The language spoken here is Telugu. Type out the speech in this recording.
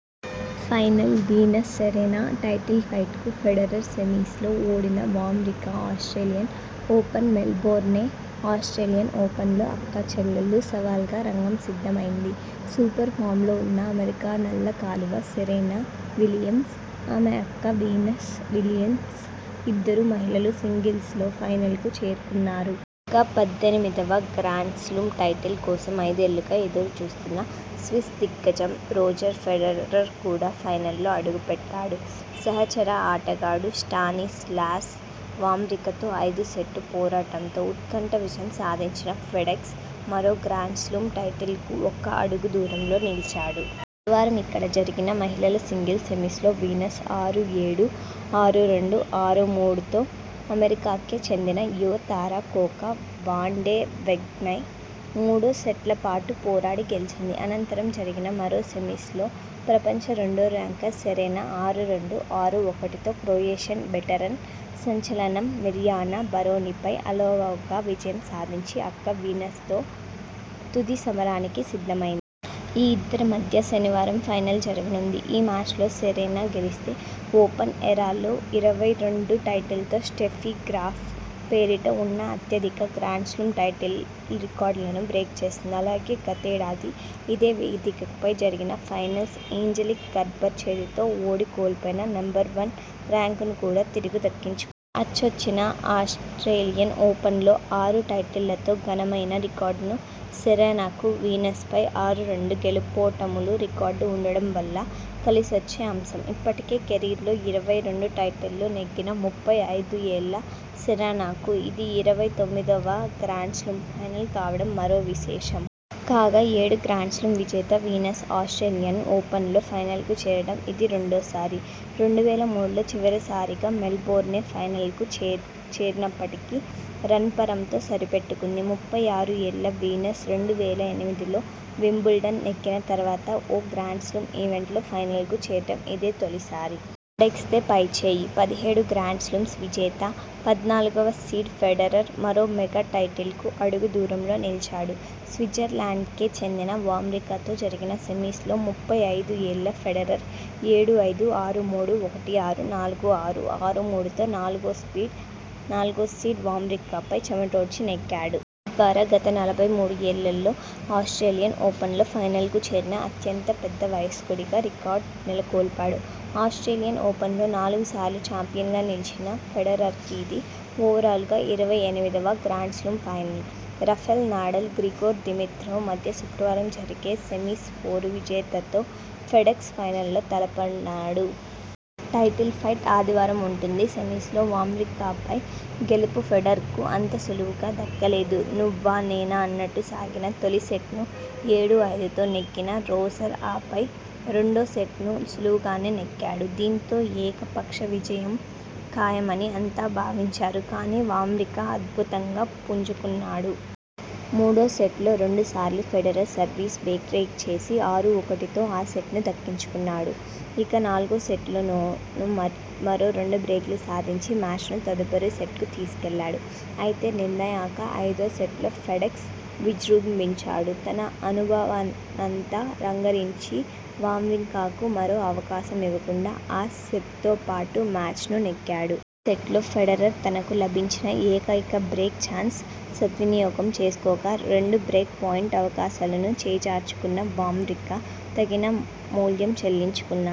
ఫైనల్లో వీనస్ సెరెనా టైటిల్ ఫైట్కు ఫెడరర్ సెమీస్ లో ఓడిన Wawrinka Australian Open Melbourne Australian ఓపెన్లో అక్కా చెల్లెళ్ల సవాల్క రంగం సిద్ధమైంది. సూపర్ ఫామ్లో ఉన్న అమెరికా నల్ల కలువ సెరెనా విలియమ్స్, ఆమె అక్క వీనస్ విలియమ్స్ ఇద్దరూ మహిళల సింగిల్స్లో ఫైనల్కు చేరుకున్నారు. కాగా పద్దెనిమిదివ గ్రాండ్స్లామ్ టైటిల్ కోసం ఐదేళ్లుగా ఎదురు చూస్తున్న స్విస్ దిగ్గజం రోజర్ ఫెడరర్ కూడా ఫైనల్లో అడుగుపెట్టాడు. సహచర ఆటగాడు స్టానిస్లాస్ వావ్రింకా తో ఐదుసెట్ల పోరాటంలో ఉత్కంఠ విజయం సాధించిన ఫెడెక్స్ మరో గ్రాండ్స్లామ్ టైటిల్కు ఒక్క అడుగు దూరంలో నిలిచాడు. గురువారమిక్కడ జరిగిన మహిళల సింగిల్స్ సెమీస్ లో వీనస్ ఆరు ఏడు, ఆరు రెండు, ఆరు మూడు తో అమెరికాకే చెందిన యువ తార కొకొ వాండెవెగ్పై మూడు సెట్లపాటు పోరాడి గెలిచింది. అనంతరం జరిగిన మరో సెమీస్లో ప్రపంచ రెండో ర్యాంకర్ సెరెనా ఆరు రెండు, ఆరు ఒకటితో క్రొయేషియా వెటరన్ సంచలనం మిర్యానా బరోనీపై అలవోక విజయం సాధించి అక్క వీన్సతో తుది సమరానికి సిద్ధమైంది. ఈ ఇద్దరి మధ్య శనివారం ఫైనల్ జరగనుంది. ఈ మ్యాచ్లో సెరెనా గెలిస్తే ఓపెన్ ఎరాలో ఇరవై రెండు టైటిళ్లతో స్టెఫీ గ్రాఫ్ పేరిట ఉన్న అత్యధిక గ్రాండ్స్లామ్ టైటిళ్ల రికార్డును బ్రేక్ చేస్తుంది. అలాగే గతేడాది ఇదే వేదికపై జరిగిన ఫైనల్ ఏంజెలిక్ కెర్బర్ చేతిలో ఓడి కోల్పోయిన నెంబర్వన్ ర్యాంకును కూడా తిరిగి దక్కించుకుంటుంది. అచ్చొచ్చిన ఆస్ట్రేలియన్ ఓపెన్లో ఆరు టైటిళ్లతో ఘనమైన రికార్డున్న సెరెనాకు వీనస్పై ఆరు-రెండు గెలుపోటముల రికార్డు ఉండడం వాలా కలిసొచ్చే అంశం. ఇప్పటికే కెరీర్లో ఇరవై రెండు టైటిళ్లు నెగ్గిన ముప్పై ఐదు ఏళ్ల సెరెనాకు ఇది ఇరవై తొమ్మిదివ గ్రాండ్స్లామ్ ఫైనల్ కావడం మరో విశేషం. కాగా ఏడు గ్రాండ్స్లామ్ల విజేత వీనస్ ఆస్ట్రేలియన్ ఓపెన్లో ఫైనల్కు చేరడం ఇది రెండోసారి. రెండు వేల మూడులో చివరిసారిగా మెల్బోర్న్లో ఫైనల్కు చేరినప్పటికీ రన్నర్పతో సరిపెట్టుకుంది. ముప్పై ఆరు ఏళ్ల వీనస్ రెండు వేల ఎనిమిదిలో వింబుల్డన్ నెగ్గిన తర్వాత ఓ గ్రాండ్స్లామ్ ఈవెంట్లో ఫైనల్కు చేరడం ఇదే తొలిసారి. ఫెడెక్స్దే పైచేయి పదిహేడు గ్రాండ్స్లామ్స్ విజేత, పద్నాలుగువ సీడ్ ఫెడరర్ మరో మెగా టైటిల్కు అడుగు దూరంలో నిలిచాడు. స్విట్జర్లాండ్కే చెందిన వావ్రింకా తో జరిగిన సెమీస్ లో ముప్పై ఐదు ఏళ్ల ఫెడరర్ ఏడు ఐదు, ఆరు మూడు, ఒకటి ఆరు, నాలుగు ఆరు, ఆరు మూడుతో నాలుగో సీడ్ వావ్రింకాపై చెమటోడ్చి నెగ్గాడు. తద్వారా గత నలభై మూడు ఏళ్లలో ఆస్ట్రేలియన్ ఓపెన్లో ఫైనల్కు చేరిన అత్యంత పెద్ద వయస్కుడిగా రికార్డు నెలకొల్పాడు. ఆస్ట్రేలియన్ ఓపెన్లో నాలుగు సార్లు చాంపియన్గా నిలిచిన ఫెడరర్కిది ఓవరాల్గా ఇరవై ఎనిమిదివ grand slam final. Rafael Nadal, Grigor Dimitrov మధ్య శుక్రవారం జరిగే సెమీస్ పోరు విజేతతో ఫెడెక్స్ ఫైనల్లో తలపడన్నాడు. టైటిల్ ఫైట్ ఆదివారం ఉంటుంది. సెమీ్సలో వావ్రింకాపై గెలుపు ఫెడరర్కు అంత సులువుగా దక్కలేదు. నువ్వా నేనా అన్నట్టు సాగిన తొలిసెట్ను ఏడు ఐదుతో నెగ్గిన రోజర్ ఆపై రెండో సెట్నూ సులువుగానే నెగ్గాడు. దీంతో ఏక పక్ష విజయం ఖాయమని అంతా భావించారు. కానీ వావ్రింకా అద్భుతంగా పుంజుకున్నాడు. మూడో సెట్లో రెండు సార్లు ఫెడరర్ సర్వీస్ను బ్రేక్ చేసి ఆరు ఒకటితో ఆ సెట్ను దక్కించుకున్నాడు. ఇక నాలుగో సెట్లోనూ మరో రెండు బ్రేక్లు సాధించి మ్యాచ్ను తదుపరి సెట్కు తీసుకెళ్లాడు. అయితే నిర్ణాయక ఐదో సెట్లో ఫెడెక్స్ విజృంభించాడు. తన అనుభవాన్నంతా రంగరించి వావ్రింకాకు మరో అవకాశం ఇవ్వకుండా ఆ సెట్తోపాటు మ్యాచ్నూ నెగ్గాడు. ఈ సెట్లో ఫెడరర్ తనకు లభించిన ఏకైక బ్రేక్ చాన్స్ను సద్వినియోగం చేసుకోగా రెండు బ్రేక్ పాయింట్ అవకాశాలను చేజార్చుకున్న వావ్రింకా తగిన మూల్యం చెల్లించుకున్నాడు.